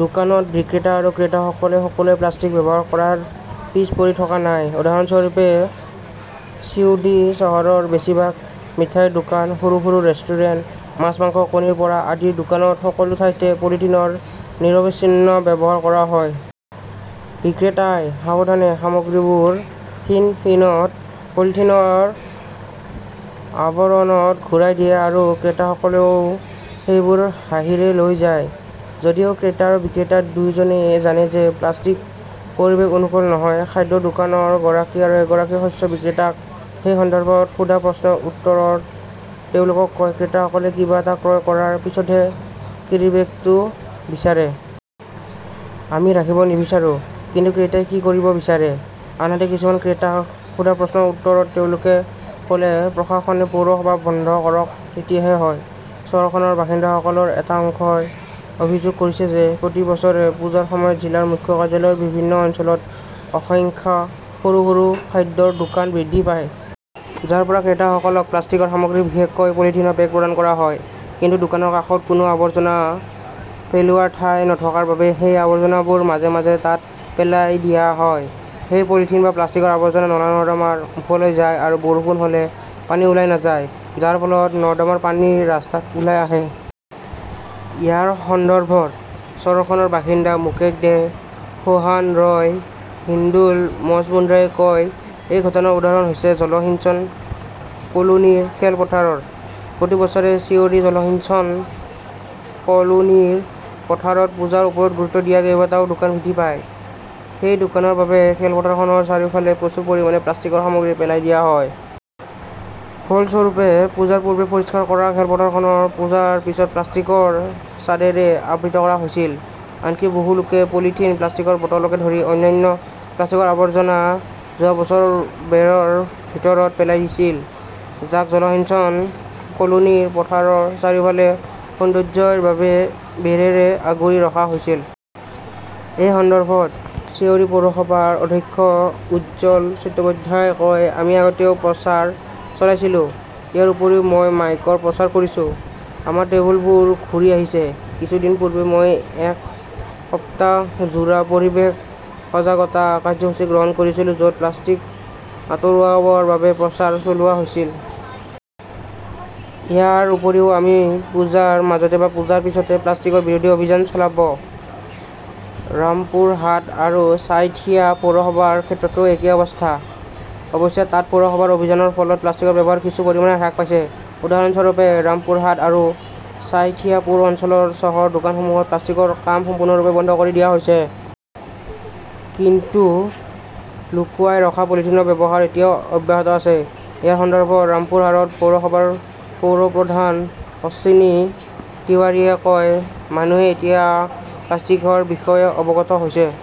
দোকানত বিক্ৰেতা আৰু ক্ৰেতাসকলে সকলোৱে প্লাষ্টিক ব্যৱহাৰ কৰাত পিছ পৰি থকা নাই। উদাহৰণস্বৰূপে, চিউডি চহৰৰ বেছিভাগ মিঠাইৰ দোকান, সৰু সৰু ৰেষ্টুৰেণ্ট, মাছ, মাংস, কণীৰ পৰা আদিৰ দোকানত সকলো ঠাইতে পলিথিনৰ নিৰবিচ্ছিন্ন ব্যৱহাৰ কৰা হয়। বিক্ৰেতাই সাৱধানে সামগ্ৰীবোৰ ফিনফিনত পলিথিনৰ আৱৰণত ঘূৰাই দিয়ে আৰু ক্ৰেতাসকলেও সেইবোৰ হাঁহিৰে লৈ যায়। যদিও ক্ৰেতা আৰু বিক্ৰেতা দুয়োজনেই জানে যে প্লাষ্টিক পৰিৱেশ অনুকূল নহয়। খাদ্যৰ দোকানৰ গৰাকী আৰু এগৰাকী শস্য বিক্ৰেতাক এই সন্দৰ্ভত সোধা প্ৰশ্নৰ উত্তৰত তেওঁলোকে কয়, ক্ৰেতাসকলে কিবা এটা ক্ৰয় কৰাৰ পিছতহে কেৰীবেগটো বিচাৰে। আমি ৰাখিব নিবিচাৰো। কিন্তু ক্ৰেতাই কি কৰিব বিচাৰে। আনহাতে কিছুমান ক্ৰেতাক সোধা প্ৰশ্নৰ উত্তৰত তেওঁলোকে ক'লে, প্ৰশাসনে পৌৰসভা বন্ধ কৰক তেতিয়াহে হয়। চহৰখনৰ বাসিন্দাসকলৰ এটা অংশই অভিযোগ কৰিছে যে প্ৰতি বছৰে পূজাৰ সময়ত জিলা মুখ্য কাৰ্যালয়ৰ বিভিন্ন অঞ্চলত অসংখ্য সৰু সৰু খাদ্যৰ দোকান বৃদ্ধি পায়। যাৰ পৰা ক্ৰেতাসকলক প্লাষ্টিকৰ সামগ্ৰী, বিশেষকৈ পলিথিনৰ বেগ প্ৰদান কৰা হয় কিন্তু দোকানৰ কাষত কোনো আৱৰ্জনা পেলোৱাৰ ঠাই নথকাৰ বাবে সেই আৱৰ্জনাবোৰ মাজে মাজে তাত পেলাই দিয়া হয়। সেই পলিথিন বা প্লাষ্টিকৰ আৱৰ্জনা নলা-নৰ্দমাৰ মুখলৈ যায় আৰু বৰষুণ হ'লে পানী ওলাই নাযায়, যাৰ ফলত নৰ্দমাৰ পানী ৰাস্তাত ওলাই আহে। ইয়াৰ সন্দৰ্ভত চহৰখনৰ বাসিন্দা মুকেশ দে, সোহন ৰয়, হিন্দোল মজমুদ্ৰে কয়, এই ঘটনাৰ উদাহৰণ হৈছে জলসিঞ্চন কলোনীৰ খেলপথাৰ। প্ৰতি বছৰে চিউৰি জলসিঞ্চন কলোনীৰ পথাৰত পূজাৰ ওপৰত গুৰুত্ব দিয়া কেইবাটাও দোকান বৃদ্ধি পায়। সেই দোকানৰ বাবে খেলপথাৰখনৰ চাৰিওফালে প্ৰচুৰ পৰিমাণে প্লাষ্টিকৰ সামগ্ৰী পেলাই দিয়া হয়। ফলস্বৰূপে, পূজাৰ পূৰ্বে পৰিষ্কাৰ কৰা খেলপথাৰখন পূজাৰ পিছত প্লাষ্টিকৰ চাদৰেৰে আবৃত কৰা হৈছিল। আনকি বহু লোকে পলিথিন, প্লাষ্টিকৰ বটলকে ধৰি অন্যান্য প্লাষ্টিকৰ আৱৰ্জনা যোৱা বছৰ বেৰৰ ভিতৰত পেলাই দিছিল, যাক জলসিঞ্চন কলোনীৰ পথাৰৰ চাৰিওফালে সৌন্দৰ্য্যৰ বাবে বেৰেৰে আগুৰি ৰখা হৈছিল। এই সন্দৰ্ভত চিউৰি পৌৰসভাৰ অধ্যক্ষ উজ্জ্বল চট্টোপাধ্যায়ই কয়, আমি আগতেও প্ৰচাৰ চলাইছিলো। ইয়াৰ উপৰিও মই মাইকৰ প্ৰচাৰ কৰিছো। আমাৰ টেবুলবোৰ ঘূৰি আহিছে। কিছুদিন পূৰ্বে মই এক সপ্তাহজোৰা পৰিৱেশ সজাগতা কাৰ্যসূচী গ্ৰহণ কৰিছিলো য 'ত প্লাষ্টিক আতৰোৱাৰ বাবে প্ৰচাৰ চলোৱা হৈছিল। ইয়াৰ উপৰিও আমি পূজাৰ মাজতে বা পূজাৰ পিছতে প্লাষ্টিক বিৰোধী অভিযান চলাব। ৰামপুৰহাট আৰু ছাইথিয়া পৌৰসভাৰ ক্ষেত্ৰতো একেই অৱস্থা। অৱশ্যে, তাত পৌৰসভাৰ অভিযানৰ ফলত প্লাষ্টিকৰ ব্যৱহাৰ কিছু পৰিমাণে হ্ৰাস পাইছে। উদাহৰণস্বৰূপে, ৰামপুৰহাট আৰু ছাইথিয়া পুৰ অঞ্চলৰ চাহৰ দোকানসমূহত প্লাষ্টিকৰ কাপ সম্পূৰ্ণৰূপে বন্ধ কৰি দিয়া হৈছে। কিন্তু লুকুৱাই ৰখা পলিথিনৰ ব্যৱহাৰ এতিয়াও অব্যাহত আছে। ইয়াৰ সন্দৰ্ভত ৰামপুৰহাট পৌৰসভাৰ পৌৰ প্ৰধান অশ্বিনী তিৱাৰীয়ে কয়, মানুহে এতিয়া প্লাষ্টিকৰ বিষয়ে অৱগত হৈছে।